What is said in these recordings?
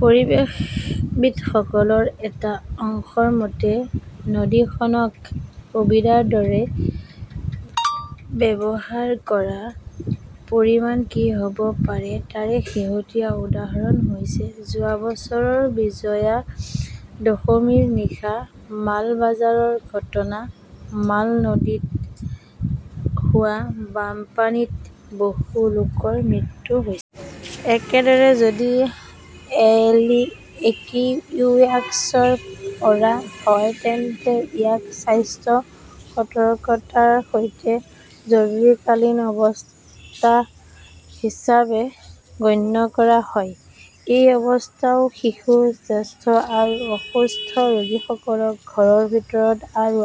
পৰিৱেশবিদসকলৰ এটা অংশৰ মতে, নদীখনক 'সুবিধাৰ দৰে "ব্যৱহাৰ কৰাৰ পৰিণাম কি হ' ব পাৰে তাৰ শেহতীয়া উদাহৰণ হৈছে যোৱা বছৰৰ বিজয়া দশমীৰ নিশা মালবাজাৰৰ ঘটনা। মাল নদীত হোৱা বানপানীত বহু লোকৰ মৃত্যু হৈছিল। একেদৰে, যদি একিউআই স্ক "ৰ ৰ পৰা হয় তেন্তে ইয়াক স্বাস্থ্য সতৰ্কতাৰ সৈতে জৰুৰীকালীন অৱস্থা হিচাপে গণ্য কৰা হয়। এই অৱস্থাত শিশু, জ্যেষ্ঠ আৰু অসুস্থ ৰোগীসকলক ঘৰৰ ভিতৰত আৰু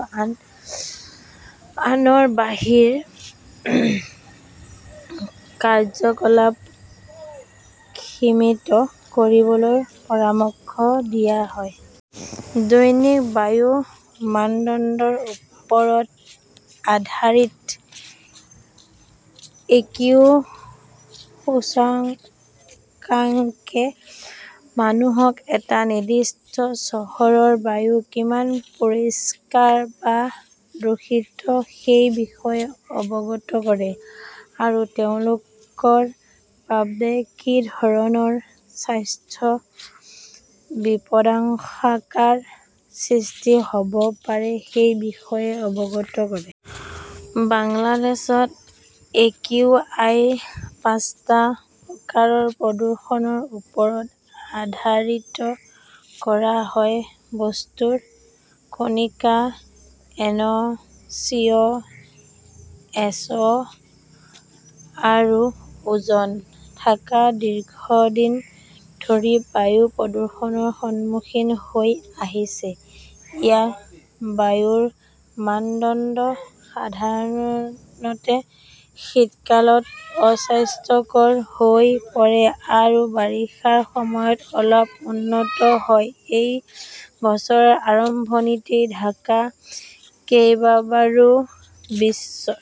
আনৰ বাহিৰৰ কাৰ্যকলাপ সীমিত কৰিবলৈ পৰামৰ্শ দিয়া হয়। দৈনিক বায়ুৰ মানদণ্ডৰ ওপৰত আধাৰিত একিউ সূচকাংকে মানুহক এটা নিৰ্দিষ্ট চহৰৰ বায়ু কিমান পৰিষ্কাৰ বা দূষিত সেই বিষয়ে অৱগত কৰে আৰু তেওঁলোকৰ বাবে কি ধৰণৰ স্বাস্থ্যৰ বিপদাশংকাৰ সৃষ্টি হ 'ব পাৰে সেই বিষয়ে অৱগত কৰে। বাংলাদেশত একিউআই পাঁচটা প্ৰকাৰৰ প্ৰদূষণৰ ওপৰত আধাৰিত কৰা হয়-বস্তুৰ কণিকা, এনঅ ", চিঅ", এছঅ " আৰু ওজন। ঢাকা দীৰ্ঘদিন ধৰি বায়ু প্ৰদূষণৰ সন্মুখীন হৈ আহিছে। ইয়াৰ বায়ুৰ মানদণ্ড সাধাৰণতে শীতকালত অস্বাস্থ্যকৰ হৈ পৰে আৰু বাৰিষাৰ সময়ত অলপ উন্নত হয়। এই বছৰৰ আৰম্ভণিতে ঢাকা কেইবাবাৰো বিশ্বৰ